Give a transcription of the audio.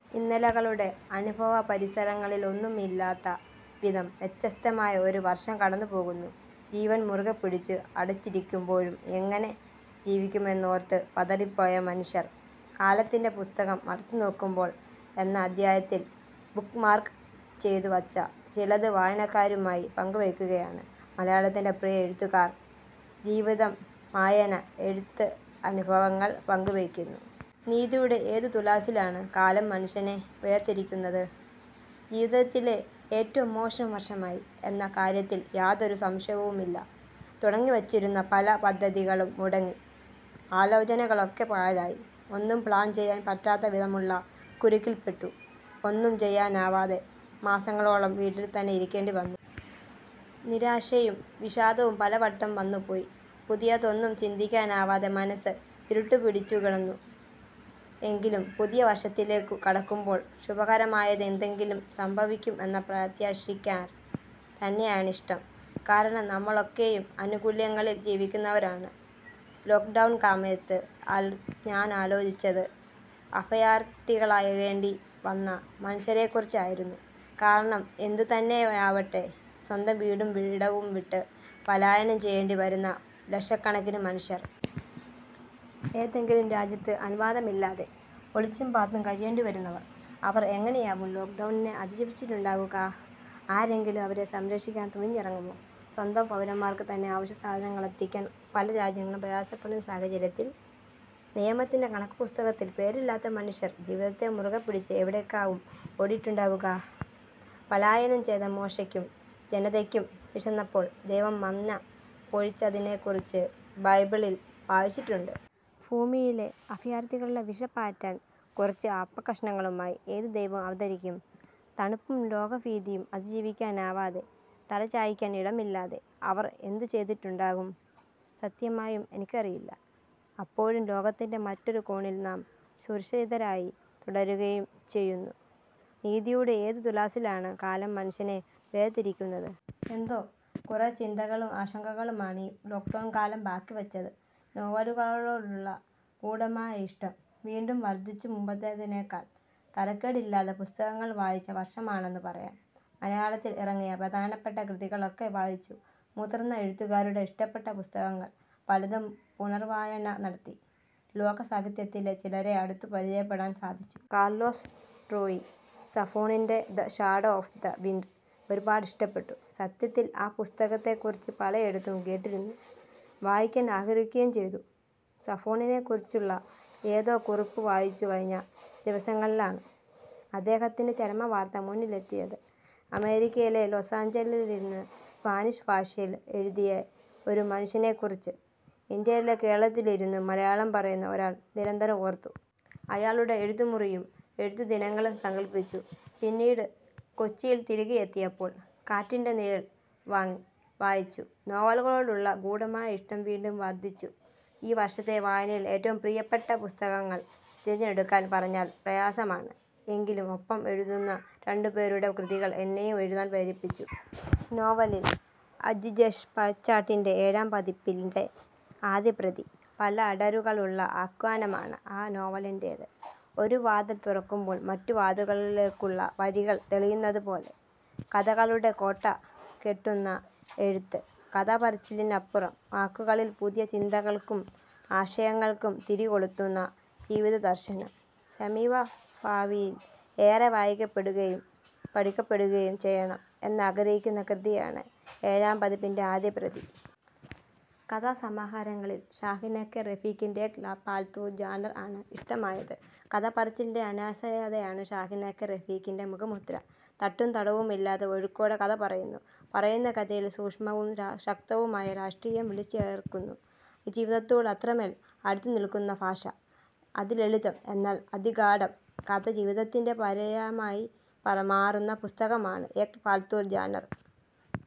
ഇന്നലെകളുടെ അനുഭവപരിസരങ്ങളിലൊന്നുമില്ലാത്ത വിധം വ്യത്യസ്തമായ ഒരു വർഷം കടന്നുപോകുന്നു. ജീവൻ മുറുകെ പിടിച്ച് അടച്ചിരിക്കുമ്പോഴും എങ്ങനെ ജീവിക്കുമെന്നോർത്ത് പതറിപ്പോയ മനുഷ്യർ. കാലത്തിന്റെ പുസ്തകം മറിച്ചുനോക്കുമ്പോൾ എന്ന അധ്യായത്തിൽ ' ബുക്മാർക്ക് ' ചെയ്തു വച്ച ചിലത് വായനക്കാരുമായി പങ്കുവയ്ക്കുകയാണ് മലയാളത്തിന്റെ പ്രിയ എഴുത്തുകാർ. ജീവിതം, വായന, എഴുത്ത് അനുഭവങ്ങൾ പങ്കുവയ്ക്കുന്നു. നീതിയുടെ എന്ത് തുലാസിലാണ്, കാലം മനുഷ്യനെ വേർതിരിക്കുന്നത്? ജീവിതത്തിലെ ഏറ്റവും മോശം വർഷമായി എന്ന കാര്യത്തിൽ യാതൊരു സംശയവുമില്ല. തുടങ്ങിവച്ചിരുന്ന പല പദ്ധതികളും മുടങ്ങി. ആലോചനകളൊക്കെ പാഴായി. ഒന്നും പ്ലാൻ ചെയ്യാൻ പറ്റാത്തവിധമുള്ള കുരുക്കില്പെട്ടു. ഒന്നും ചെയ്യാനാവാതെ മാസങ്ങളോളം വീട്ടിൽ തന്നെ ഇരിക്കേണ്ടി വന്നു. നിരാശയും വിഷാദവും പലവട്ടം വന്നുപോയി. പുതിയതൊന്നും ചിന്തിക്കാനാവാതെ മനസ്സ് ഇരുട്ടുപിടിച്ചുകിടന്നു. എങ്കിലും പുതിയ വർഷത്തിലേക്കു കടക്കുമ്പോൾ ശുഭകരമായതെന്തെങ്കിലും സംഭവിക്കും എന്നു പ്രത്യാശിക്കാൻ തന്നെയാണിഷ്ടം. കാരണം നമ്മളൊക്കെയും ആനുകൂല്യങ്ങളിൽ ജീവിക്കുന്നവരാണ്. ലോക്ഡൗണ് സമയത്ത്, ഞാനാലോചിച്ചത് അഭയാർത്തികളാകേണ്ടി വന്ന മനുഷ്യരെക്കുറിച്ചായിരുന്നു. കാരണം എന്തുതന്നെയാവട്ടെ, സ്വന്തം വീടും ഇടവും വിട്ട് പലായനം ചെയ്യേണ്ടിവരുന്ന ലക്ഷക്കണക്കിനു മനുഷ്യർ. ഏതെങ്കിലും രാജ്യത്ത് അനുവാദമില്ലാതെ, ഒളിച്ചും പാത്തും കഴിയേണ്ടിവരുന്നവർ. അവർ എങ്ങനെയാവും ലോക്ഡൗണിനെ അതിജീവിച്ചിട്ടുണ്ടാവുക? ആരെങ്കിലും അവരെ സംരക്ഷിക്കാൻ തുനിഞ്ഞിറങ്ങുമോ? സ്വന്തം പൗരന്മാർക്കു തന്നെ അവശ്യസാധനങ്ങളെത്തിക്കാൻ പല രാജ്യങ്ങളും പ്രയാസപ്പെടുന്ന സാഹചര്യത്തിൽ, നിയമത്തിന്റെ കണക്കുപുസ്തകത്തിൽ പേരില്ലാത്ത മനുഷ്യർ ജീവിതത്തെ മുറുകെപ്പിടിച്ച് എവിടേക്കാവും ഓടിയിട്ടുണ്ടാവുക? പലായനം ചെയ്ത മോശയ്ക്കും ജനതയ്ക്കും വിശന്നപ്പോൾ ദൈവം മന്നാ പൊഴിച്ചതിനെക്കുറിച്ച് ബൈബിളിൽ വായിച്ചിട്ടുണ്ട്. ഭൂമിയിലെ അഭയാർഥികളുടെ വിശപ്പാറ്റാൻ കുറച്ച് അപ്പക്കഷണങ്ങളുമായി ഏതു ദൈവം അവതരിക്കും? തണുപ്പും രോഗഭീതിയും അതിജീവിക്കാനാവാതെ, തലചായ്ക്കാൻ ഇടമില്ലാതെ അവർ എന്തു ചെയ്തിട്ടുണ്ടാകും? സത്യമായും എനിക്കറിയില്ല. അപ്പോഴും ലോകത്തിന്റെ മറ്റൊരു കോണിൽ നാം സുരക്ഷിതരായി തുടരുകയും ചെയ്യുന്നു. നീതിയുടെ എന്ത് തുലാസിലാണ് കാലം മനുഷ്യനെ വേർതിരിക്കുന്നത്? എന്തോ, കുറേ ചിന്തകളും ആശങ്കകളുമാണ് ഈ ലോക്ഡൗൺ കാലം ബാക്കിവച്ചത്. നോവലുകളോടുള്ള ഗൂഢമായ ഇഷ്ടം വീണ്ടും വർധിച്ചു മുമ്പത്തേതിനേക്കാൾ തരക്കേടില്ലാതെ പുസ്തകങ്ങൾ വായിച്ച വർഷമാണെന്നു പറയാം. മലയാളത്തിൽ ഇറങ്ങിയ പ്രധാനപ്പെട്ട കൃതികളൊക്കെ വായിച്ചു. മുതിർന്ന എഴുത്തുകാരുടെ, ഇഷ്ടപ്പെട്ട പുസ്തകങ്ങൾ പലതും പുനർവായന നടത്തി. ലോക സാഹിത്യത്തിലെ ചിലരെ അടുത്തു പരിചയപ്പെടാൻ സാധിച്ചു. കാർലോസ് റൂയി സാഫോണിന്റെ the shadow of the wind ഒരുപാടിഷ്ടപ്പെട്ടു. സത്യത്തിൽ ആ പുസ്തകത്തെക്കുറിച്ച് പലയിടത്തും കേട്ടിരുന്നു. വായിക്കാൻ ആഗ്രഹിക്കുകയും ചെയ്തു. സാഫോണിനെക്കുറിച്ചുള്ള ഏതോ കുറിപ്പ് വായിച്ചു കഴിഞ്ഞ ദിവസങ്ങളിലാണ്, അദ്ദേഹത്തിന്റെ ചരമവാർത്ത മുന്നിലെത്തിയത്. അമേരിക്കയിലെ ലൊസാഞ്ചലസിലിരുന്ന് സ്പാനിഷ് ഭാഷയിൽ എഴുതിയെ ഒരു മനുഷ്യനെക്കുറിച്ച്, ഇന്ത്യയിലെ കേരളത്തിലിരുന്ന് മലയാളം പറയുന്ന ഒരാൾ നിരന്തരം ഓർത്തു. അയാളുടെ എഴുത്തുമുറിയും എഴുത്തുദിനങ്ങളും സങ്കല്പിച്ചു. പിന്നീട്, കൊച്ചിയിൽ തിരികെയെത്തിയപ്പോൾ ' കാറ്റിന്റെ നിഴൽ ' വാങ്ങി, വായിച്ചു. നോവലുകളോടുള്ള ഗൂഢമായ ഇഷ്ടം വീണ്ടും വർധിച്ചു. ഈ വർഷത്തെ വായനയിൽ ഏറ്റവും പ്രിയപ്പെട്ട പുസ്തകങ്ങൾ തിരഞ്ഞെടുക്കാൻ പറഞ്ഞാൽ പ്രയാസമാണ്. എങ്കിലും ഒപ്പം എഴുതുന്ന രണ്ടുപേരുടെ കൃതികൾ എന്നെയും എഴുതാൻ പ്രേരിപ്പിച്ചു. നോവലിൽ അജിജേഷ് പച്ചാട്ടിന്റെ ഏഴാം പതിപ്പിന്റെ ആദ്യപ്രതി. പല അടരുകളുള്ള ആഖ്യാനമാണ് ആ നോവലിന്റേത്. ഒരു വാതിൽ തുറക്കുമ്പോൾ മറ്റു വാതിലുകളിലേക്കുള്ള വഴികൾ തെളിയുന്നതുപോലെ, കഥകളുടെ കോട്ട കെട്ടുന്ന എഴുത്ത്. കഥപറച്ചിലിനപ്പുറം വാക്കുകളിൽ പുതിയ ചിന്തകൾക്കും ആശയങ്ങൾക്കും തിരികൊളുത്തുന്ന ജീവിതദർശനം. സമീപഭാവിയിൽ ഏറെ വായിക്കപ്പെടുകയും പഠിക്കപ്പെടുകയും ചെയ്യണം എന്നാഗ്രഹിക്കുന്ന കൃതിയാണ് ഏഴാം പതിപ്പിന്റെ ആദ്യപ്രതി. കഥാസമാഹാരങ്ങളിൽ ഷാഹിന കെ. റഫീഖിന്റെ ഏക് പാല്തൂ ജാന്വർ ആണ് ഇഷ്ടമായത്. കഥപറച്ചിലിന്റെ അനായാസതയാണ് ഷാഹിന കെ. റഫീഖിന്റെ മുഖമുദ്ര. തട്ടും തടവുമില്ലാതെ, ഒഴുക്കോടെ കഥപറയുന്നു. പറയുന്ന കഥയിൽ സൂക്ഷ്മവും ശക്തവുമായ രാഷ്ട്രീയം വിളക്കിച്ചേർക്കുന്നു. ജീവിതത്തോട് അത്രമേൽ അടുത്തുനിൽക്കുന്ന ഭാഷ. അതിലളിതം, എന്നാൽ അതിഗാഢം. കഥ ജീവിതത്തിന്റെ പര്യായമായി മാറുന്ന പുസ്തകമാണ് ഏക് പാല്തൂ ജാന്വർ.